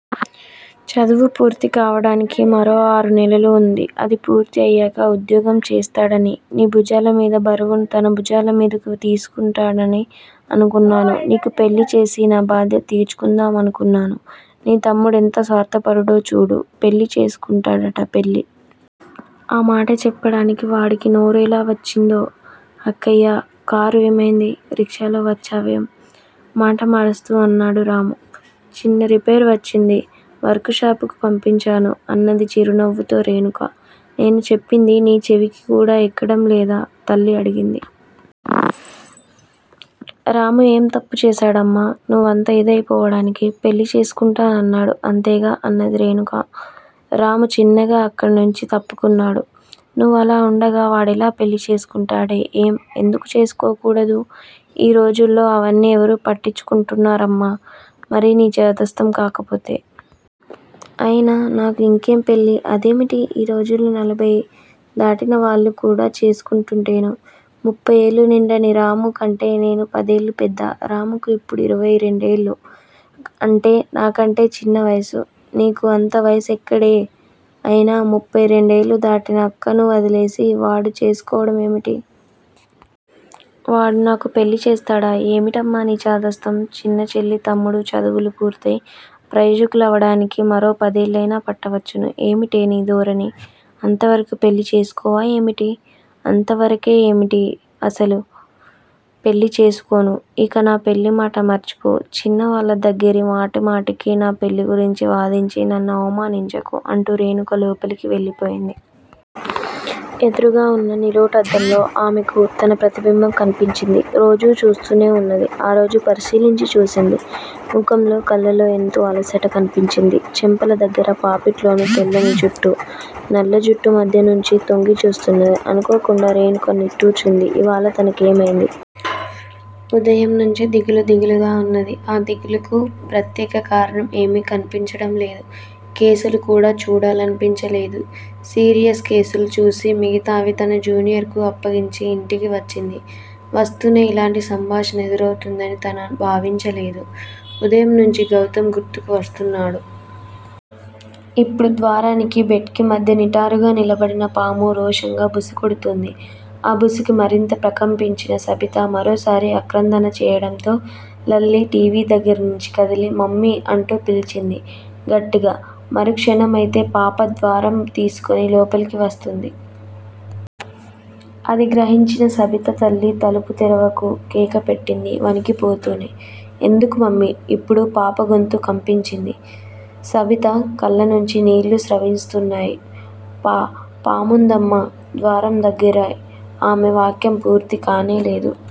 చదువు పూర్తి కావడానికి మరో ఆరు నెలలు వుంది. అది పూర్తి అయ్యాక ఉద్యోగం చేస్తాడనీ, నీ భుజాల మీది బరువును తన భుజాల మీదకు తీసుకుంటాడనీ అనుకున్నాను. నీకు పెళ్ళి చేసి నా బాధ్యత తీర్చుకుందామనుకున్నాను. నీ తమ్ముడు ఎంత స్వార్థపరుడో చూడు. పెళ్ళి చేసుకుంటాడట పెళ్ళి! ఆ మాట చెప్పడానికి వాడికి నోరు ఎలా వచ్చిందో? అక్కయ్యా! కారు ఏమైంది? రిక్షాలో వచ్చేవేం? మాట మారుస్తూ అన్నాడు రాము. చిన్న రిపైర్ వచ్చింది. వర్కుషాపుకు పంపించాను అన్నది చిరునవ్వుతో రేణుక. నేను చెప్పింది నీ చెవికి కూడా ఎక్కడం లేదా? తల్లి అడిగింది. రాము ఏం తప్పుచేశాడమ్మా నువ్వంత ఇదై పోవడానికి? పెళ్ళి చేసుకుంటానన్నాడు అంతేగా అన్నది రేణుక. రాము చిన్నగా అక్కడ నుంచి తప్పుకున్నాడు. నువ్వు అలా ఉండగా వాడెలా పెళ్ళి చేసుకుంటాడే? ఏం ఎందుకు చేసుకోకూడదూ? ఈ రోజుల్లో అవన్నీ ఎవరు పట్టించుకుంటున్నారమ్మా! మరీ నీచాదస్తం కాకపోతే? అయినా నాకు ఇంకేం పెళ్ళి? అదేమిటి? ఈ రోజుల్లో నలభైదాటినవాళ్ళు కూడా చేసుకుంటుంటేనూ? ముప్పయ్ ఏళ్ళు నిండని రామూ కంటే నేను పదేళ్ళు పెద్ద. రామూకు ఇప్పుడు ఇరవై రెండేళ్ళు. అంటే నాకంటే చిన్న వయసు? నీకు అంత వయసు ఎక్కడే? అయినా ముప్పయ్ రెండేళ్ళు దాటిన అక్కను వదిలేసి వాడు చేసుకోవడం ఏమిటి? వాడు నాకు పెళ్ళి చేస్తాడా? ఏమిటమ్మా నీ చాదస్తం! చిన్న చెల్లీ, తమ్ముడూ చదువులు పూర్తయి ప్రయోజకులవడానికి మరో పదేళ్ళయినా పట్టవచ్చును ఏమిటే నీ ధోరణి, అంతవరకూ పెళ్ళి చేసుకోవా ఏమిటి? అంతవరకే ఏమిటి? అసలు పెళ్ళే చేసుకోను! ఇక నా పెళ్ళిమాట మర్చిపో! చిన్నవాళ్ళ దగ్గిర మాటిమాటికి నా పెళ్ళి గురించి వాదించి నన్ను అవమానించకు అంటూ రేణుక లోపలకు వెళ్ళిపోయింది. ఎదురుగా వున్న నిలువుటద్దంలో ఆమెకు తన ప్రతిబింబం కన్పించింది. రోజూ చూస్తూనే ఉన్నది. ఆరోజు పరిశీలించి చూసింది. ముఖంలో, కళ్ళలో ఎంతో అలసట కన్పించింది. చెంపల దగ్గర, పాపిట్లోనూ తెల్లని జుట్టు నల్ల జుట్టు మధ్య నుంచి తొంగి చూస్తున్నది. అనుకోకుండా రేణుక నిట్టూర్చింది. ఇవాళ తనకేమైంది? ఉదయంనుంచీ దిగులు దిగులుగా ఉన్నది. ఆ దిగులుకు ప్రత్యేక కారణం ఏమీ కన్పించడం లేదు. కేసులు కూడా చూడాలనిపించలేదు. సీరియస్ కేసులు చూసి మిగతావి తన జూనియర్ కు అప్పగించి ఇంటికి వచ్చింది. వస్తూనే ఇలాంటి సంభాషణ ఎదురౌతుందని తను భావించలేదు. ఉదయం నుంచి గౌతమ్ గుర్తుకు వస్తున్నాడు. ఇప్పుడు ద్వారానికి బెడ్ కి మధ్య నిటారుగా నిలబడిన పాము రోషంగా బుసకొడుతూంది. ఆ బుసకి మరింత ప్రకంపించిన సబిత మరోసారి ఆక్రందన చేయడంతో లల్లీ టి. వి. దగ్గర నుంచి కదిలి మమ్మీ అంటూ పిలిచింది గట్టిగా మరుక్షణమైతే పాప ద్వారం తోసుకుని లోపలికి వస్తుంది. అది గ్రహించిన సబిత లల్లీ తలుపు తెరవకు కేకపెట్టింది వణికిపోతూనే. ఎందుకు మమ్మీ? ఇప్పుడు పాపగొంతు కంపించింది. సబిత కళ్ళనుంచి నీళ్ళు స్రవిస్తున్నాయి. పా పాముందమ్మా. ద్వారం దగ్గరే ఆమె వాక్యం పూర్తికానేలేదు